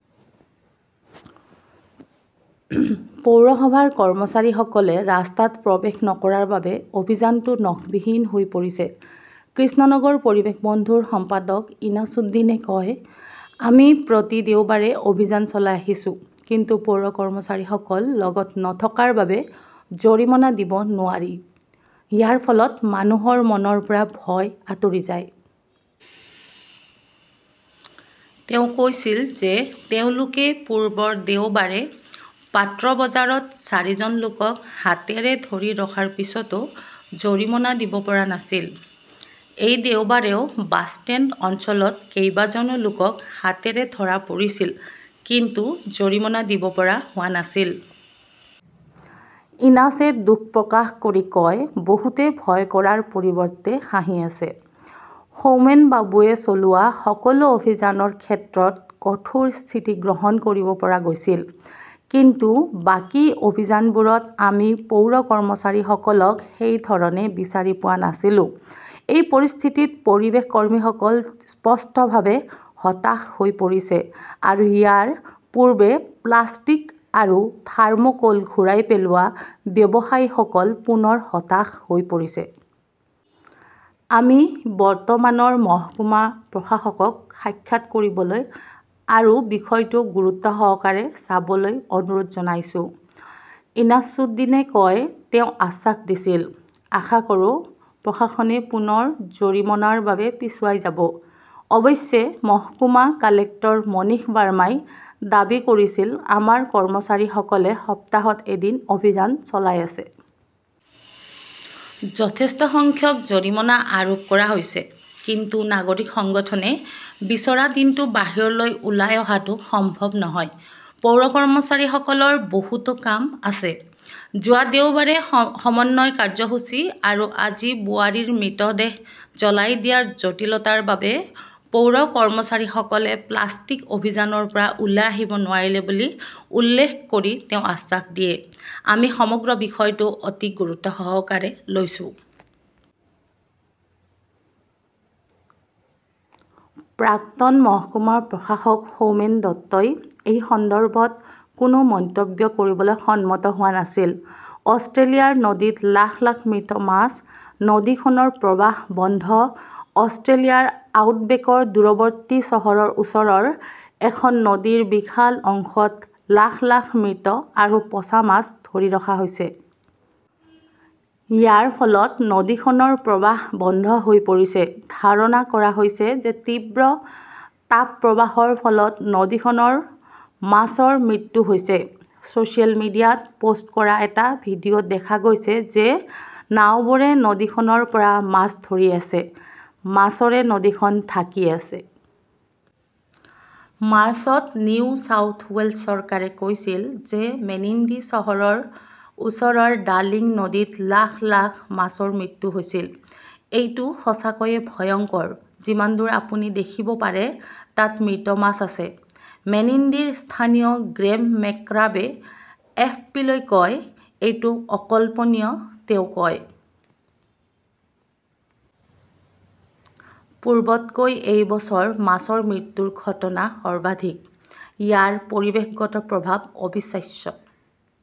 পৌৰসভাৰ কৰ্মচাৰীসকলে ৰাস্তাত প্ৰৱেশ নকৰাৰ বাবে অভিযানটো নখবিহীন হৈ পৰিছে। কৃষ্ণনগৰ পৰিৱেশ বন্ধুৰ সম্পাদক ইনাছুদ্দীনে কয়, আমি প্ৰতি দেওবাৰে অভিযান চলাই আহিছো। কিন্তু পৌৰ কৰ্মচাৰীসকল লগত নথকাৰ বাবে জৰিমনা দিব নোৱাৰি। ইয়াৰ ফলত মানুহৰ মনৰ পৰা ভয় আঁতৰি যায়। তেওঁ কৈছিল যে, তেওঁলোকে পূৰ্বৰ দেওবাৰে পাত্ৰ বজাৰত চাৰিজন লোকক হাতেৰে ধৰি ৰখাৰ পিছতো জৰিমনা দিব পৰা নাছিল। এই দেওবাৰেও বাছষ্টেণ্ড অঞ্চলত কেইবাজনো লোকক হাতেৰে ধৰা পৰিছিল কিন্তু জৰিমনা দিব পৰা হোৱা নাছিল। ইনাছে দুখ প্ৰকাশ কৰি কয়, বহুতে ভয় কৰাৰ পৰিৱৰ্তে হাঁহি আছে। সৌমেনবাবুৱে চলোৱা সকলো অভিযানৰ ক্ষেত্ৰত কঠোৰ স্থিতি গ্ৰহণ কৰিব পৰা গৈছিল, কিন্তু বাকী অভিযানবোৰত আমি পৌৰ কৰ্মচাৰীসকলক সেই ধৰণে বিচাৰি পোৱা নাছিলো। এই পৰিস্থিতিত পৰিৱেশ কৰ্মীসকল স্পষ্টভাৱে হতাশ হৈ পৰিছে আৰু ইয়াৰ পূৰ্বে প্লাষ্টিক আৰু থাৰ্মোকোল ঘূৰাই পেলোৱা ব্যৱসায়ীসকল পুনৰ হতাশ হৈ পৰিছে। আমি বৰ্তমানৰ মহকুমা প্ৰশাসকক সাক্ষাৎ কৰিবলৈ আৰু বিষয়টো গুৰুত্বসহকাৰে চাবলৈ অনুৰোধ জনাইছো। ইনাছুদ্দীনে কয় ,তেওঁ আশ্বাস দিছিল। আশা কৰোঁ প্ৰশাসনে পুনৰ জৰিমনাৰ বাবে পিছুৱাই যাব। অৱশ্যে, মহকুমা কালেক্টৰ মনীষ বাৰ্মাই দাবী কৰিছিল আমাৰ কৰ্মচাৰীসকলে সপ্তাহত এদিন অভিযান চলাই আছে। যথেষ্ট সংখ্যক জৰিমনা আৰোপ কৰা হৈছে, কিন্তু নাগৰিক সংগঠনে বিচৰা দিনটো বাহিৰলৈ ওলাই অহাটো সম্ভৱ নহয় পৌৰ কৰ্মচাৰীসকলৰ বহুতো কাম আছে। যোৱা দেওবাৰে সমন্বয় কাৰ্যসূচী আৰু আজি বোৱাৰীৰ মৃতদেহ জ্বলাই দিয়াৰ জটিলতাৰ বাবে পৌৰ কৰ্মচাৰীসকলে প্লাষ্টিক অভিযানৰ পৰা ওলাই আহিব নোৱাৰিলে বুলি উল্লেখ কৰি তেওঁ আশ্বাস দিয়ে, আমি সমগ্ৰ বিষয়টো অতি গুৰুত্বসহকাৰে লৈছো। প্ৰাক্তন মহকুমা প্ৰশাসক সৌমেন দত্তই এই সন্দৰ্ভত কোনো মন্তব্য কৰিবলৈ সন্মত হোৱা নাছিল। অষ্ট্ৰেলিয়াৰ নদীত লাখ -লাখ মৃত মাছ, নদীখনৰ প্ৰবাহ বন্ধ অষ্ট্ৰেলিয়াৰ আউটবেকৰ দূৰৱৰ্তী চহৰৰ ওচৰৰ এখন নদীৰ বিশাল অংশত লাখ -লাখ মৃত আৰু পচা মাছ ধৰি ৰখা হৈছে। ইয়াৰ ফলত নদীখনৰ প্ৰবাহ বন্ধ হৈ পৰিছে। ধাৰণা কৰা হৈছে যে তীব্ৰ তাপপ্ৰবাহৰ ফলত নদীখনৰ মাছৰ মৃত্যু হৈছে। ছচিয়েল মিডিয়াত পোষ্ট কৰা এটা ভিডিঅ' ত দেখা গৈছে যে নাওবোৰে নদীখনৰ পৰা মাছ ধৰি আছে, মাছৰে নদীখন ঢাকি আছে। মাৰ্চত নিউ চাউথ ৱেলছ চৰকাৰে কৈছিল যে মেনিণ্ডি চহৰৰ ওচৰৰ ডাৰ্লিং নদীত লাখ- লাখ মাছৰ মৃত্যু হৈছিল। এইটো সঁচাকৈয়ে ভয়ংকৰ যিমান দূৰ আপুনি দেখিব পাৰে তাত মৃত মাছ আছে। মেনিণ্ডিৰ স্থানীয় গ্ৰেম মেকক্ৰাবে এফপিলৈ কয়, এইটো অকল্পনীয় তেওঁ কয়। পূৰ্বতকৈ এই বছৰ মাছৰ মৃত্যুৰ ঘটনা সৰ্বাধিক। ইয়াৰ পৰিৱেশগত প্ৰভাৱ অবিশ্বাস্য।